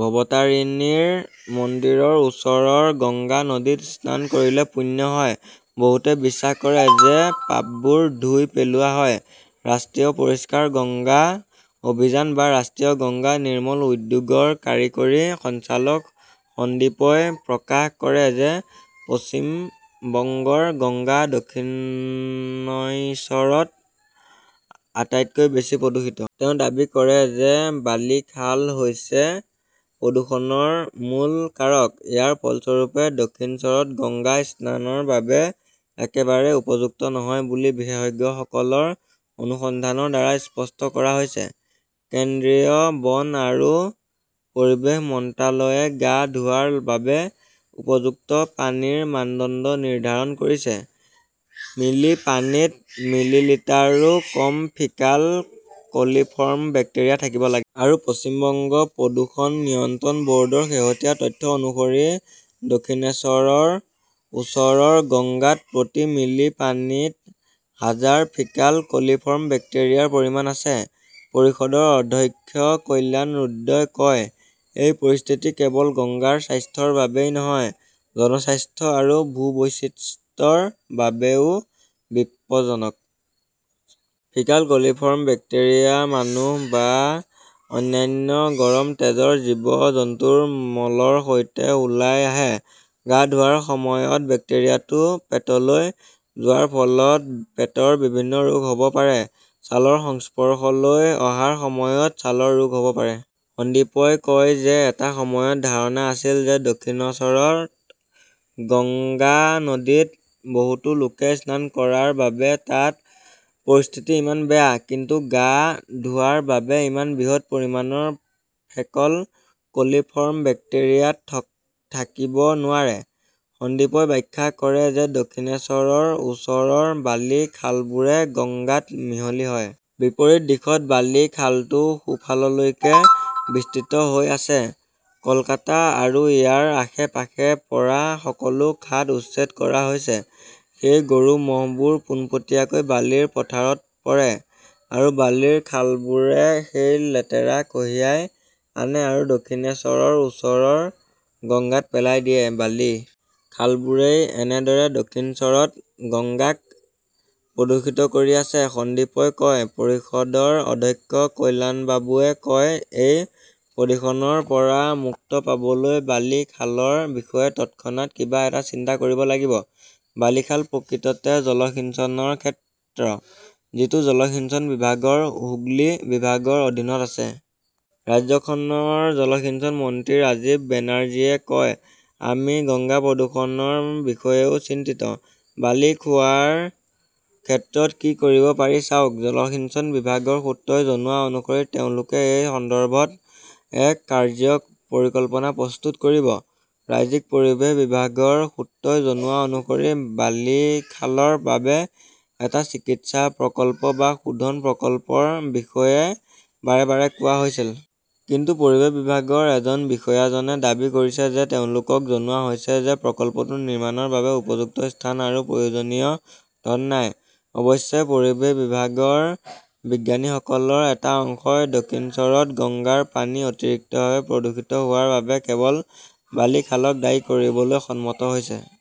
ভৱতাৰিনীৰ মন্দিৰৰ ওচৰৰ গংগা নদীত স্নান কৰিলে পুণ্য হয়, বহুতে বিশ্বাস কৰে যে পাপবোৰ ধুই পেলোৱা হয়। ৰাষ্ট্ৰীয় পৰিষ্কাৰ গংগা অভিযান বা ৰাষ্ট্ৰীয় গংগা নিৰ্মল উদ্যোগৰ কাৰিকৰী সঞ্চালক সন্দীপই প্ৰকাশ কৰে যে পশ্চিম বংগৰ গংগা দক্ষিণইশ্বৰত আটাইতকৈ বেছি প্ৰদূষিত। তেওঁ দাবী কৰে যে বালি খাল হৈছে প্ৰদূষণৰ মূল কাৰক। ইয়াৰ ফলস্বৰূপে, দক্ষিনশ্বৰত গংগা স্নানৰ বাবে একেবাৰে উপযুক্ত নহয় বুলি বিশেষজ্ঞসকলৰ অনুসন্ধানৰ দ্বাৰা স্পষ্ট কৰা হৈছে। কেন্দ্ৰীয় বন আৰু পৰিৱেশ মন্ত্ৰালয়ে গা ধোৱাৰ বাবে উপযুক্ত পানীৰ মানদণ্ড নিৰ্ধাৰণ কৰিছে, মিলি পানীত মিলিলিটাৰো কম ফিকাল কলিফৰ্ম বেক্টেৰিয়া থাকিব লাগে। আৰু পশ্চিম বংগ প্ৰদূষণ নিয়ন্ত্ৰণ বৰ্ডৰ শেহতীয়া তথ্য অনুসৰি দক্ষিণেশ্বৰৰ ওচৰৰ গংগাত প্ৰতি মিলি পানীত হাজাৰ ফিকাল কলিফৰ্ম বেক্টেৰিয়াৰ পৰিমাণ আছে। পৰিষদৰ অধ্যক্ষ কল্যাণ ৰুদ্ৰই কয়, এই পৰিস্থিতি কেৱল গংগাৰ স্বাস্থ্যৰ বাবেই নহয়, জনস্বাস্থ্য আৰু ভূ-বৈচিত্ৰ্যৰ বাবেও বিপজ্জনক। ফিকাল কলিফৰ্ম বেক্টেৰিয়া মানুহ বা অন্যান্য গৰম তেজৰ জীৱ-জন্তুৰ মলৰ সৈতে ওলাই আহে। গা ধোৱাৰ সময়ত বেক্টেৰিয়াটো পেটলৈ যোৱাৰ ফলত পেটৰ বিভিন্ন ৰোগ হব পাৰে, ছালৰ সংস্পৰ্শলৈ অহাৰ সময়ত ছালৰ ৰোগ হব পাৰে। সন্দীপই কয় যে এটা সময়ত ধাৰণা আছিল যে দক্ষিণশ্বৰত গংগা নদীত বহুতো লোকে স্নান কৰাৰ বাবে তাত পৰিস্থিতি ইমান বেয়া। কিন্তু গা ধোৱাৰ বাবে ইমান বৃহৎ পৰিমাণৰ ফেকল কলিফৰ্ম বেক্টেৰিয়া থাকিব নোৱাৰে। সন্দীপই ব্যাখ্যা কৰে যে দক্ষিণেশ্বৰৰ ওচৰৰ বালি খালবোৰে গঙ্গাত মিহলি হয়। বিপৰীত দিশত বালি খালটো সোঁফাললৈকে বিস্তৃত হৈ আছে। কলকাতা আৰু ইয়াৰ আশে-পাশে পৰা সকলো খাট উচ্ছেদ কৰা হৈছে। সেই গৰু-মহবোৰ পোনপটীয়াকৈ বালিৰ পথাৰত পৰে। আৰু বালিৰ খালবোৰে সেই লেতেৰা কঢ়িয়াই আনে আৰু দক্ষিণেশ্বৰৰ ওচৰৰ গঙ্গাত পেলাই দিয়ে। বালি খালবোৰেই এনেদৰে দক্ষিণশ্বৰত গঙ্গাক প্ৰদূষিত কৰি আছে, সন্দীপই কয়। পৰিষদৰ অধ্যক্ষ কল্যাণবাবুৱে কয়, এই প্ৰদূষণৰ পৰা মুক্ত পাবলৈ বালি খালৰ বিষয়ে তৎক্ষণাত কিবা এটা চিন্তা কৰিব লাগিব। বালিখাল প্ৰকৃততে জলসিঞ্চনৰ ক্ষেত্ৰ। যিটো জলসিঞ্চন বিভাগৰ হুগলী বিভাগৰ অধীনত আছে। ৰাজ্যখনৰ জলসিঞ্চন মন্ত্ৰী ৰাজীৱ বেনাৰ্জীয়ে কয়, আমি গংগা প্ৰদূষণৰ বিষয়েও চিন্তিত। বালি খোৱাৰ ক্ষেত্ৰত কি কৰিব পাৰি চাওক, জলসিঞ্চন বিভাগৰ সূত্ৰই জনোৱা অনুসৰি তেওঁলোকে এই সন্দৰ্ভত এক 'কাৰ্য্য পৰিকল্পনা প্ৰস্তুত কৰিব। ৰাজ্যিক পৰিৱেশ বিভাগৰ সূত্ৰই জনোৱা অনুসৰি বালিখালৰ বাবে এটা চিকিৎসা প্ৰকল্প বা শোধন প্ৰকল্পৰ বিষয়ে বাৰে বাৰে কোৱা হৈছিল। কিন্তু পৰিৱেশ বিভাগৰ এজন বিষয়াজনে দাবী কৰিছে যে তেওঁলোকক জনোৱা হৈছে যে প্ৰকল্পটো নিৰ্মাণৰ বাবে উপযুক্ত স্থান আৰু প্ৰয়োজনীয় ধন নাই। অৱশ্যে, পৰিৱেশ বিভাগৰ বিজ্ঞানীসকলৰ এটা অংশই দক্ষিণশ্বৰত গংগাৰ পানী অতিৰিক্তভাৱে প্ৰদূষিত হোৱাৰ বাবে কেৱল বালি খালক দায়ী কৰিবলৈ সন্মত হৈছে।